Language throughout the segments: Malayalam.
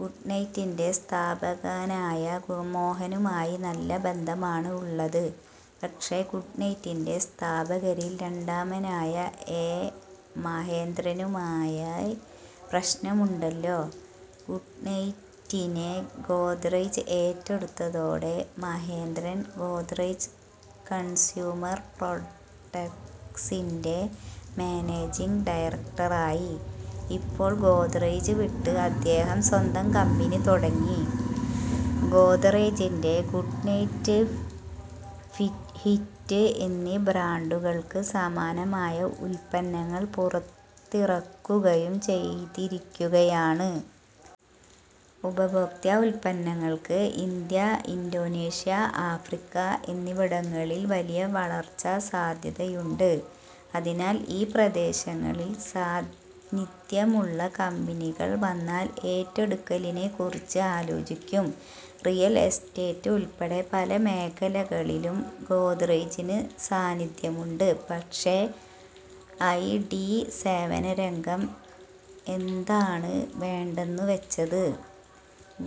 ഗുഡ് നൈറ്റിന്റെ സ്ഥാപകനായ മോഹനുമായി നല്ല ബന്ധമാണ് ഉള്ളത്. പക്ഷേ, ഗുഡ്നൈറ്റിന്റെ സ്ഥാപകരിൽ രണ്ടാമനായ എ. മഹേന്ദ്രനുമായി പ്രശ്നങ്ങളുണ്ടല്ലോ. ഗുഡ്നൈറ്റിനെ ഗോദ്റെജ് ഏറ്റെടുത്തതോടെ മഹേന്ദ്രൻ, ഗോദ്റെജ് കൺസ്യൂമർ പ്രോഡക്ട്സിന്റെ മാനേജിങ് ഡയറക്ടറായി. ഇപ്പോൾ ഗോദ്റെജ് വിട്ട് അദ്ദേഹം സ്വന്തം കമ്പനി തുടങ്ങി. ഗോദ്റെജിന്റെ ഗുഡ്നൈറ്റ്, ഹിറ്റ് എന്നീ ബ്രാൻഡുകൾക്ക് സമാനമായ ഉത്പന്നങ്ങൾ പുറത്തിറക്കുകയും ചെയ്തിരിക്കുകയാണ്. ഉപഭോക്തൃ ഉത്പന്നങ്ങൾക്ക് ഇന്ത്യ, ഇൻഡൊനീഷ്യ, ആഫ്രിക്ക എന്നിവിടങ്ങളിൽ വലിയ വളർച്ചാ സാധ്യതയാണ് ഉള്ളത്. അതിനാൽ, ഈ പ്രദേശങ്ങളിൽ സാന്നിധ്യമുള്ള കമ്പനികൾ വന്നാൽ ഏറ്റെടുക്കലിനെക്കുറിച്ച് ആലോചിക്കും. റിയൽ എസ്റ്റേറ്റ് ഉൾപ്പെടെ പല മേഖലകളിലും ഗോദ്റെജിന് സാന്നിധ്യമുണ്ട്. പക്ഷേ, ഐ. ടി. സേവനരംഗം എന്താണ് വേണ്ടെന്നു വച്ചത്.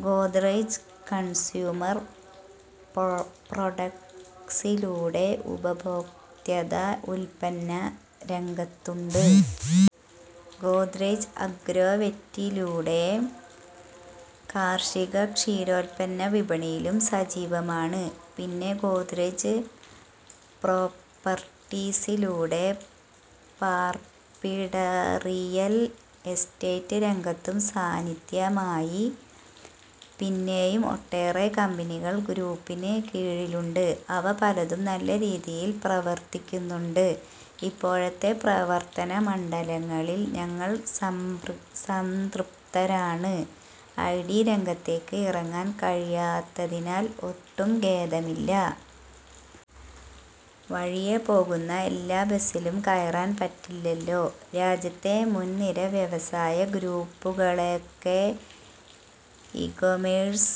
ഗോദ്റെജ് കൺസ്യൂമർ പ്രോഡക്ട്സിലൂടെ ഉപഭോക്തൃ ഉത്പന്ന രംഗത്തുണ്ട്. ഗോദ്റെജ് അഗ്രോവെറ്റിലൂടെ കാർഷികക്ഷീരോത്പന്ന വിപണിയിലും സജീവമാണ്. പിന്നെ, ഗോദ്റെജ് പ്രോപ്പർട്ടീസിലൂടെ പാർപ്പിടറിയൽ എസ്റ്റേറ്റ് രംഗത്തും സാന്നിധ്യമായി. പിന്നെയും ഒട്ടേറെ കമ്പനികൾ ഗ്രൂപ്പിന് കീഴിലുണ്ട്. അവ പലതും നല്ല നിലയിലാണ് പ്രവർത്തിക്കുന്നത്. ഇപ്പോഴത്തെ പ്രവർത്തന മണ്ഡലങ്ങളിൽ ഞങ്ങൾ സംതൃപ്തരാണ്. ഐ. ടി. രംഗത്തേക്ക് ഇറങ്ങാൻ കഴിയാത്തതിൽ ഒട്ടും ഖേദമില്ല. വഴിയേ പോകുന്ന എല്ലാ ബസ്സിലും കയറാൻ പറ്റില്ലല്ലോ. രാജ്യത്തെ മുൻനിര വ്യവസായ ഗ്രൂപ്പുകളൊക്കെ ഇകൊമേഴ്സ്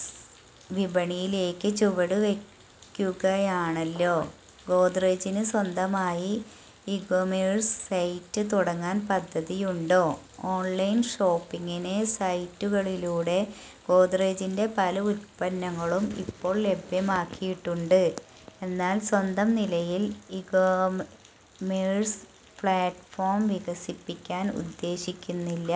വിപണിയിലേക്ക് ചുവടു വയ്ക്കുകയാണല്ലോ. ഗോദ്റെജിന് സ്വന്തമായി ഇകൊമേഴ്സ് സൈറ്റ് തുടങ്ങാൻ പദ്ധതിയുണ്ടോ. ഓൺലൈൻ ഷോപ്പിങ് സൈറ്റുകളിലൂടെ ഗോദ്റെജിന്റെ പല ഉത്പന്നങ്ങളും ഇപ്പോൾ ലഭ്യമാക്കിയിട്ടുണ്ട്. എന്നാൽ, സ്വന്തം നിലയിൽ ഇകൊമേഴ്സ് പ്ലാറ്റ്ഫോം വികസിപ്പിക്കാൻ ഉദ്ദേശിക്കുന്നില്ല.